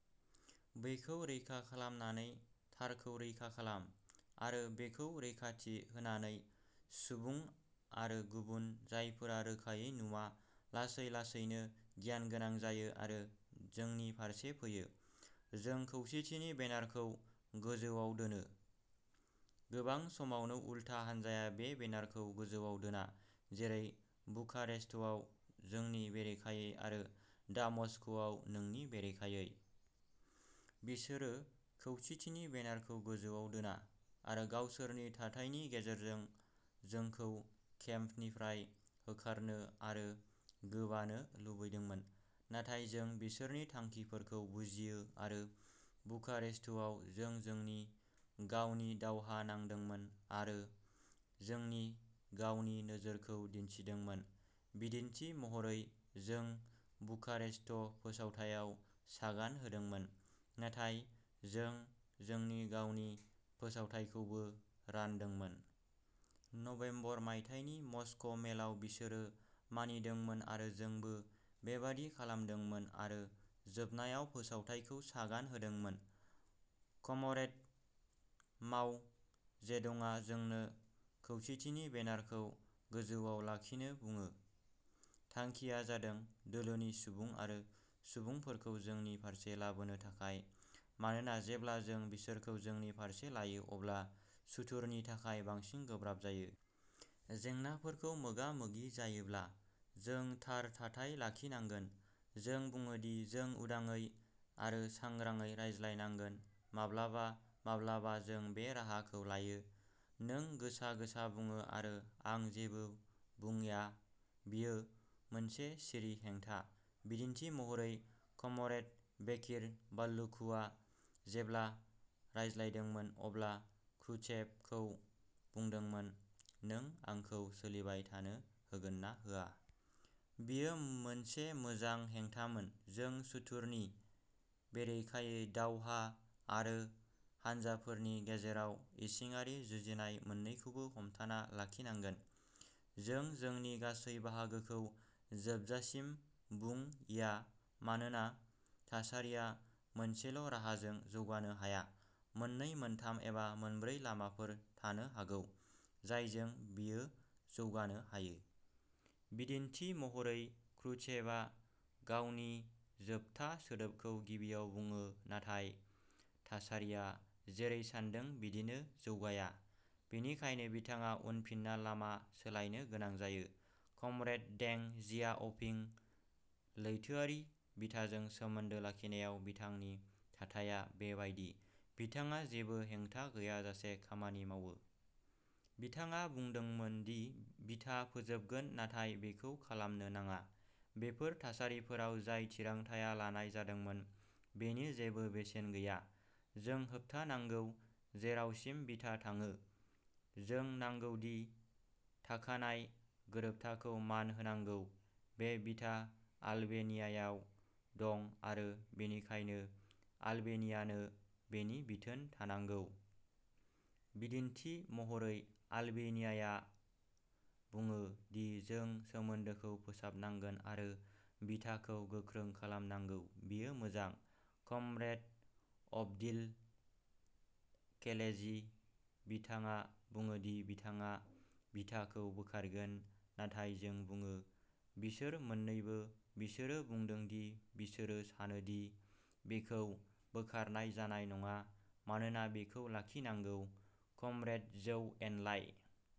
बैखौ रैखा खालामनानै थारखौ रैखा खालाम आरो बेखौ रैखाथि होनानै सुबुं आरो गुबुन जायफोरा रोखायै नुवा, लासै लासैनो गियानगोनां जायो आरो जोंनि फारसे फैयो। जों खौसेथिनि बेनारखौ गोजौआव दोनो। गोबां समावनो उल्था हानजाया बे बेनारखौ गोजौआव दोना, जेरै बुखारेस्टआव जोंनि बेरेखायै आरो दा मस्क'आव नोंनि बेरेखायै। बिसोरो खौसेथिनि बेनारखौ गोजौआव दोना आरो गावसोरनि थाथायनि गेजेरजों जोंखौ केम्पनिफ्राय होखारनो आरो गोबानो लुबैदोंमोन। नाथाय जों बिसोरनि थांखिफोरखौ बुजियो आरो बुखारेस्टआव जों जोंनि गावनि दावहा नांदोंमोन आरो जोंनि गावनि नोजोरखौ दिन्थिदोंमोन। बिदिन्थि महरै, जों बुखारेस्ट फोसावथायाव सागान होदोंमोन, नाथाय जों जोंनि गावनि फोसावथाइखौबो रानदोंमोन। नबेम्बर मायथाइनि मस्क'मेलाव, बिसोरो मानिदोंमोन आरो जोंबो बेबादि खालामदोंमोन आरो जोबनायाव, फोसावथाइखौ सागान होदोंमोन। कमरेड माव जेडंआ जोंनो खौसेथिनि बेनारखौ गोजौआव लाखिनो बुङो। थांखिया जादों दोलोनि सुबुं आरो सुबुंफोरखौ जोंनि फारसे लाबोनो थाखाय, मानोना जेब्ला जों बिसोरखौ जोंनि फारसे लायो, अब्ला सुथुरनि थाखाय बांसिन गोब्राब जायो। जेंनाफोरजों मोगा-मोगि जायोब्ला जों थार थाथाय लाखिनांगोन। जों बुङो दि जों उदाङै आरो सांग्राङै रायज्लायनांगोन। माब्लाबा माब्लाबा जों बे राहाखौ लायोः नों गोसा-गोसा बुङो, आरो आं जेबो बुंया। बेयो मोनसे सिरि हेंथा। बिदिन्थि महरै, कमरेड बेकिर बाल्लुकुआ जेब्ला रायज्लायदोंमोन, अब्ला क्रुश्चेभखौ बुंदोंमोन, "नों आंखौ सोलिबाय थानो होगोन ना होआ?" बेयो मोनसे मोजां हेंथामोन। जों सुथुरनि बेरेखायै दावहा आरो हानजाफोरनि गेजेराव इसिङारि जुजिनाय मोन्नैखौबो हमथाना लाखिनांगोन। जों जोंनि गासै बाहागोखौ जोबजासिम बुं या, मानोना थासारिया मोनसेल'राहाजों जौगानो हाया। मोननै, मोनथाम, एबा मोनब्रै लामाफोर थानो हागौ जायजों बेयो जौगानो हायो। बिदिन्थि महरै, क्रुश्चेभआ गावनि जोबथा सोदोबखौ गिबियाव बुङो, नाथाय थासारिया जेरै सान्दों बिदिनो जौगाया, बेनिखायनो बिथाङा उनफिनना लामा सोलायनो गोनां जायो। कमरेड दें जियाओपिंः लैथोआरि बिथाजों सोमोन्दो लाखिनायाव बिथांनि थाथाया बेबायदि। बिथाङा जेबो हेंथा गैयाजासे खामानि मावो। बिथाङा बुंदोंमोन दि बिथा फोजोबगोन, नाथाय बेखौ खालामनो नाङा। बेफोर थासारिफोराव जाय थिरांथाया लानाय जादोंमोन, बेनि जेबो बेसेन गैया। जों होबथानांगौ। जेरावसिम बिथा थाङो, जों नांगौ दि थाखानाय गोरोबथाखौ मान होनांगौ। बे बिथा आलबेनियायाव दं, आरो बेनिखायनो आलबेनियानो बेनि बिथोन थानांगौ। बिदिन्थि महरै, आलबेनियाया बुङो दि जों सोमोन्दोखौ फोसाबनांगोन आरो बिथाखौ गोख्रों खालामनांगौ। बेयो मोजां। कमरेड अब्दिल केलेजीः बिथाङा बुङो दि बिथाङा बिथाखौ बोखारगोन, नाथाय जों बुङो। बिसोर मोन्नैबोः बिसोरो बुंदों दि बिसोरो सानो दि बेखौ बोखारनाय जानाय नङा, मानोना बेखौ लाखिनांगौ। कमरेड जौ एनलाइः